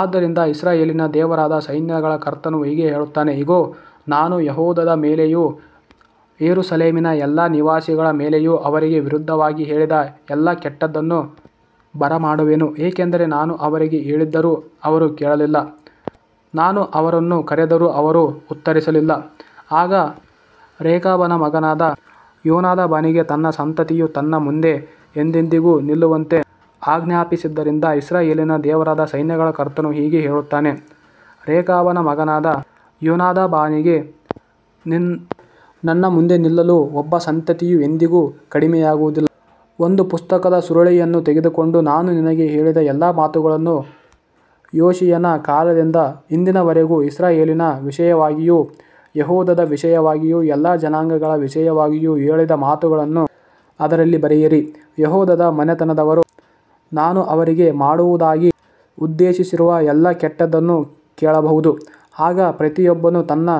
ಆದ್ದರಿಂದ ಇಸ್ರಾಯೇಲಿನ ದೇವರಾದ ಸೈನ್ಯಗಳ ಕರ್ತನು ಹೀಗೆ ಹೇಳುತ್ತಾನೆ, ಇಗೋ, ನಾನು ಯೆಹೂದದ ಮೇಲೆಯೂ ಯೆರೂಸಲೇಮಿನ ಎಲ್ಲಾ ನಿವಾಸಿಗಳ ಮೇಲೆಯೂ ಅವರಿಗೆ ವಿರುದ್ಧವಾಗಿ ಹೇಳಿದ ಎಲ್ಲಾ ಕೆಟ್ಟದ್ದನ್ನು ಬರಮಾಡುವೆನು, ಏಕೆಂದರೆ ನಾನು ಅವರಿಗೆ ಹೇಳಿದ್ದರೂ ಅವರು ಕೇಳಲಿಲ್ಲ, ನಾನು ಅವರನ್ನು ಕರೆದರೂ ಅವರು ಉತ್ತರಿಸಲಿಲ್ಲ. ಆಗ ರೇಕಾಬನ ಮಗನಾದ ಯೋನಾದಾಬನಿಗೆ ತನ್ನ ಸಂತತಿಯು ನನ್ನ ಮುಂದೆ ಎಂದೆಂದಿಗೂ ನಿಲ್ಲುವಂತೆ ಆಜ್ಞಾಪಿಸಿದ್ದರಿಂದ, ಇಸ್ರಾಯೇಲಿನ ದೇವರಾದ ಸೈನ್ಯಗಳ ಕರ್ತನು ಹೀಗೆ ಹೇಳುತ್ತಾನೆ, ರೇಕಾಬನ ಮಗನಾದ ಯೋನಾದಾಬನಿಗೆ ನಿನ್ ನನ್ನ ಮುಂದೆ ನಿಲ್ಲಲು ಒಬ್ಬ ಸಂತತಿಯು ಎಂದಿಗೂ ಕಡಿಮೆಯಾಗುವುದಿಲ್ಲ. ಒಂದು ಪುಸ್ತಕದ ಸುರುಳಿಯನ್ನು ತೆಗೆದುಕೊಂಡು, ನಾನು ನಿನಗೆ ಹೇಳಿದ ಎಲ್ಲಾ ಮಾತುಗಳನ್ನು, ಯೋಷೀಯನ ಕಾಲದಿಂದ ಇಂದಿನವರೆಗೂ ಇಸ್ರಾಯೇಲಿನ ವಿಷಯವಾಗಿಯೂ ಯೆಹೂದದ ವಿಷಯವಾಗಿಯೂ ಎಲ್ಲಾ ಜನಾಂಗಗಳ ವಿಷಯವಾಗಿಯೂ ಹೇಳಿದ ಮಾತುಗಳನ್ನು ಅದರಲ್ಲಿ ಬರೆಯಿರಿ. ಯೆಹೂದದ ಮನೆತನದವರು ನಾನು ಅವರಿಗೆ ಮಾಡುವುದಾಗಿ ಉದ್ದೇಶಿಸಿರುವ ಎಲ್ಲಾ ಕೆಟ್ಟದ್ದನ್ನು ಕೇಳಬಹುದು, ಆಗ ಪ್ರತಿಯೊಬ್ಬನು ತನ್ನ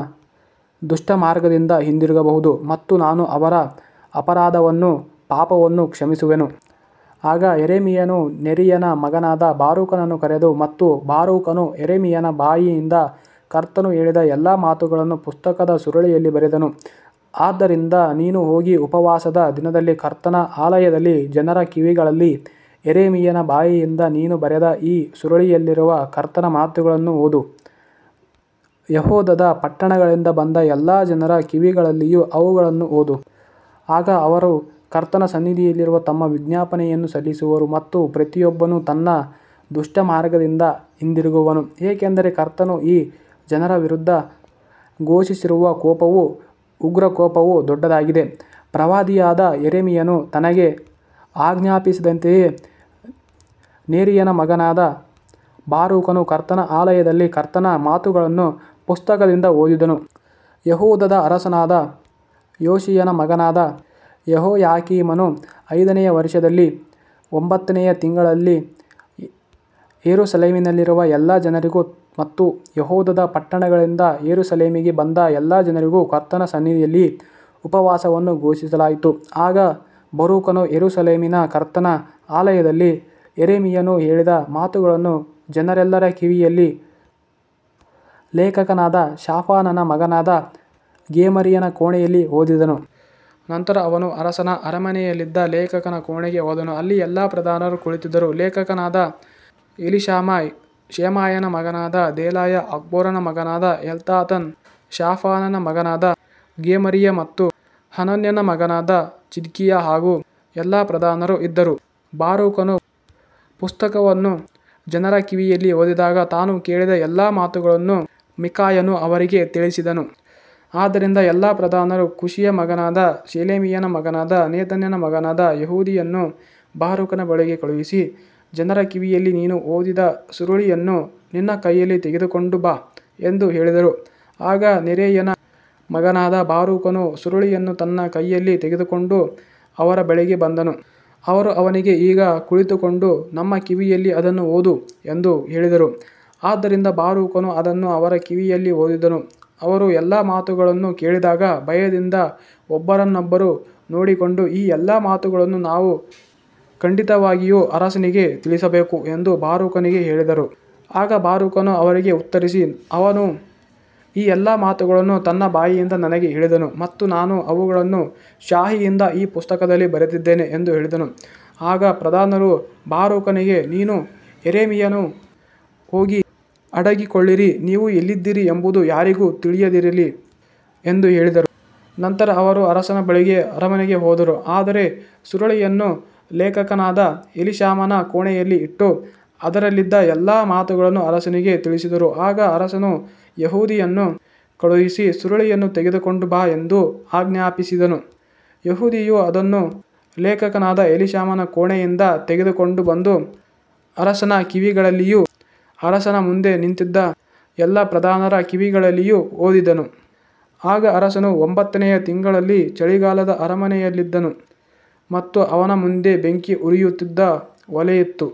ದುಷ್ಟಮಾರ್ಗದಿಂದ ಹಿಂದಿರುಗಬಹುದು ಮತ್ತು ನಾನು ಅವರ ಅಪರಾಧವನ್ನೂ ಪಾಪವನ್ನೂ ಕ್ಷಮಿಸುವೆನು. ಆಗ ಯೆರೆಮೀಯನು ನೆರೀಯನ ಮಗನಾದ ಬಾರೂಕನನ್ನು ಕರೆದು, ಮತ್ತು ಬಾರೂಕನು ಯೆರೆಮೀಯನ ಬಾಯಿಂದ ಕರ್ತನು ಹೇಳಿದ ಎಲ್ಲಾ ಮಾತುಗಳನ್ನು ಪುಸ್ತಕದ ಸುರುಳಿಯಲ್ಲಿ ಬರೆದನು. ಆದ್ದರಿಂದ ನೀನು ಹೋಗಿ ಉಪವಾಸದ ದಿನದಲ್ಲಿ ಕರ್ತನ ಆಲಯದಲ್ಲಿ ಜನರ ಕಿವಿಗಳಲ್ಲಿ, ಯೆರೆಮೀಯನ ಬಾಯಿಂದ ನೀನು ಬರೆದ ಈ ಸುರುಳಿಯಲ್ಲಿರುವ ಕರ್ತನ ಮಾತುಗಳನ್ನು ಓದು, ಯೆಹೂದದ ಪಟ್ಟಣಗಳಿಂದ ಬಂದ ಎಲ್ಲಾ ಜನರ ಕಿವಿಗಳಲ್ಲಿಯೂ ಅವುಗಳನ್ನು ಓದು. ಆಗ ಅವರು ಕರ್ತನ ಸನ್ನಿಧಿಯಲ್ಲಿ ತಮ್ಮ ವಿಜ್ಞಾಪನೆಯನ್ನು ಸಲ್ಲಿಸುವರು ಮತ್ತು ಪ್ರತಿಯೊಬ್ಬನು ತನ್ನ ದುಷ್ಟಮಾರ್ಗದಿಂದ ಹಿಂದಿರುಗುವನು, ಏಕೆಂದರೆ ಕರ್ತನು ಈ ಜನರ ವಿರುದ್ಧ ಘೋಷಿಸಿರುವ ಕೋಪವೂ ಉಗ್ರಕೋಪವೂ ದೊಡ್ಡದಾಗಿದೆ. ಪ್ರವಾದಿಯಾದ ಯೆರೆಮೀಯನು ತನಗೆ ಆಜ್ಞಾಪಿಸಿದಂತೆಯೇ ನೆರೀಯನ ಮಗನಾದ ಬಾರೂಕನು ಕರ್ತನ ಆಲಯದಲ್ಲಿ ಕರ್ತನ ಮಾತುಗಳನ್ನು ಪುಸ್ತಕದಿಂದ ಓದಿದನು. ಯೆಹೂದದ ಅರಸನಾದ ಯೋಷೀಯನ ಮಗನಾದ ಯೆಹೋಯಾಕೀಮನ ಐದನೆಯ ವರ್ಷದಲ್ಲಿ ಒಂಬತ್ತನೆಯ ತಿಂಗಳಲ್ಲಿ, ಯೆರೂಸಲೇಮಿನಲ್ಲಿರುವ ಎಲ್ಲಾ ಜನರಿಗೂ ಮತ್ತು ಯೆಹೂದದ ಪಟ್ಟಣಗಳಿಂದ ಯೆರೂಸಲೇಮಿಗೆ ಬಂದ ಎಲ್ಲಾ ಜನರಿಗೂ ಕರ್ತನ ಸನ್ನಿಧಿಯಲ್ಲಿ ಉಪವಾಸವನ್ನು ಘೋಷಿಸಲಾಯಿತು. ಆಗ ಬಾರೂಕನು ಯೆರೂಸಲೇಮಿನ ಕರ್ತನ ಆಲಯದಲ್ಲಿ, ಯೆರೆಮೀಯನು ಹೇಳಿದ ಮಾತುಗಳನ್ನು ಜನರೆಲ್ಲರ ಕಿವಿಯಲ್ಲಿ, ಲೇಖಕನಾದ ಶಾಫಾನನ ಮಗನಾದ ಗೆಮರೀಯನ ಕೋಣೆಯಲ್ಲಿ ಓದಿದನು. ನಂತರ ಅವನು ಅರಸನ ಅರಮನೆಯಲ್ಲಿದ್ದ ಲೇಖಕನ ಕೋಣೆಗೆ ಹೋದನು, ಅಲ್ಲಿ ಎಲ್ಲಾ ಪ್ರಧಾನರು ಕುಳಿತಿದ್ದರು, ಲೇಖಕನಾದ ಎಲೀಷಾಮ, ಶೆಮಾಯನ ಮಗನಾದ ದೆಲಾಯ, ಅಕ್ಬೋರನ ಮಗನಾದ ಎಲ್ನಾಥನ್, ಶಾಫಾನನ ಮಗನಾದ ಗೆಮರೀಯ ಮತ್ತು ಹನನ್ಯನ ಮಗನಾದ ಚಿದ್ಕೀಯ ಹಾಗೂ ಎಲ್ಲಾ ಪ್ರಧಾನರು ಇದ್ದರು. ಬಾರೂಕನು ಪುಸ್ತಕವನ್ನು ಜನರ ಕಿವಿಯಲ್ಲಿ ಓದಿದಾಗ ತಾನು ಕೇಳಿದ ಎಲ್ಲಾ ಮಾತುಗಳನ್ನು ಮಿಕಾಯನು ಅವರಿಗೆ ತಿಳಿಸಿದನು. ಆದ್ದರಿಂದ ಎಲ್ಲಾ ಪ್ರಧಾನರು ಕೂಶಿಯ ಮಗನಾದ ಶೆಲೆಮೀಯನ ಮಗನಾದ ನೆತನ್ಯನ ಮಗನಾದ ಯೆಹೂದಿಯನ್ನು ಬಾರೂಕನ ಬಳಿಗೆ ಕಳುಹಿಸಿ, ಜನರ ಕಿವಿಯಲ್ಲಿ ನೀನು ಓದಿದ ಸುರುಳಿಯನ್ನು ನಿನ್ನ ಕೈಯಲ್ಲಿ ತೆಗೆದುಕೊಂಡು ಬಾ ಎಂದು ಹೇಳಿದರು. ಆಗ ನೆರೀಯನ ಮಗನಾದ ಬಾರೂಕನು ಸುರುಳಿಯನ್ನು ತನ್ನ ಕೈಯಲ್ಲಿ ತೆಗೆದುಕೊಂಡು ಅವರ ಬಳಿಗೆ ಬಂದನು. ಅವರು ಅವನಿಗೆ, ಈಗ ಕುಳಿತುಕೊಂಡು ನಮ್ಮ ಕಿವಿಯಲ್ಲಿ ಅದನ್ನು ಓದು ಎಂದು ಹೇಳಿದರು. ಆದ್ದರಿಂದ ಬಾರೂಕನು ಅದನ್ನು ಅವರ ಕಿವಿಯಲ್ಲಿ ಓದಿದನು. ಅವರು ಎಲ್ಲಾ ಮಾತುಗಳನ್ನು ಕೇಳಿದಾಗ ಭಯದಿಂದ ಒಬ್ಬರನ್ನೊಬ್ಬರು ನೋಡಿಕೊಂಡು, ಈ ಎಲ್ಲಾ ಮಾತುಗಳನ್ನು ನಾವು ಖಂಡಿತವಾಗಿಯೂ ಅರಸನಿಗೆ ತಿಳಿಸಬೇಕು ಎಂದು ಬಾರೂಕನಿಗೆ ಹೇಳಿದರು. ಆಗ ಬಾರೂಕನು ಅವರಿಗೆ ಉತ್ತರಿಸಿ, ಅವನು ಈ ಎಲ್ಲಾ ಮಾತುಗಳನ್ನು ತನ್ನ ಬಾಯಿಂದ ನನಗೆ ಹೇಳಿದನು ಮತ್ತು ನಾನು ಅವುಗಳನ್ನು ಶಾಯಿಯಿಂದ ಈ ಪುಸ್ತಕದಲ್ಲಿ ಬರೆದಿದ್ದೇನೆ ಎಂದು ಹೇಳಿದನು. ಆಗ ಪ್ರಧಾನರು ಬಾರೂಕನಿಗೆ, ನೀನೂ ಯೆರೆಮೀಯನೂ ಹೋಗಿ ಅಡಗಿಕೊಳ್ಳಿರಿ, ನೀವು ಎಲ್ಲಿದ್ದೀರಿ ಎಂಬುದು ಯಾರಿಗೂ ತಿಳಿಯದಿರಲಿ ಎಂದು ಹೇಳಿದರು. ನಂತರ ಅವರು ಅರಸನ ಬಳಿಗೆ ಅರಮನೆಗೆ ಹೋದರು, ಆದರೆ ಸುರುಳಿಯನ್ನು ಲೇಖಕನಾದ ಎಲೀಷಾಮನ ಕೋಣೆಯಲ್ಲಿ ಇಟ್ಟು, ಅದರಲ್ಲಿದ್ದ ಎಲ್ಲಾ ಮಾತುಗಳನ್ನು ಅರಸನಿಗೆ ತಿಳಿಸಿದರು. ಆಗ ಅರಸನು ಯೆಹೂದಿಯನ್ನು ಕಳುಹಿಸಿ, ಸುರುಳಿಯನ್ನು ತೆಗೆದುಕೊಂಡು ಬಾ ಎಂದು ಆಜ್ಞಾಪಿಸಿದನು. ಯೆಹೂದಿಯು ಅದನ್ನು ಲೇಖಕನಾದ ಎಲೀಷಾಮನ ಕೋಣೆಯಿಂದ ತೆಗೆದುಕೊಂಡು ಬಂದು, ಅರಸನ ಕಿವಿಗಳಲ್ಲಿಯೂ ಅರಸನ ಮುಂದೆ ನಿಂತಿದ್ದ ಎಲ್ಲಾ ಪ್ರಧಾನರ ಕಿವಿಗಳಲ್ಲಿಯೂ ಓದಿದನು. ಆಗ ಅರಸನು ಒಂಬತ್ತನೆಯ ತಿಂಗಳಲ್ಲಿ ಚಳಿಗಾಲದ ಅರಮನೆಯಲ್ಲಿದ್ದನು ಮತ್ತು ಅವನ ಮುಂದೆ ಬೆಂಕಿ ಉರಿಯುತ್ತಿದ್ದ ಒಲೆಯಿತ್ತು.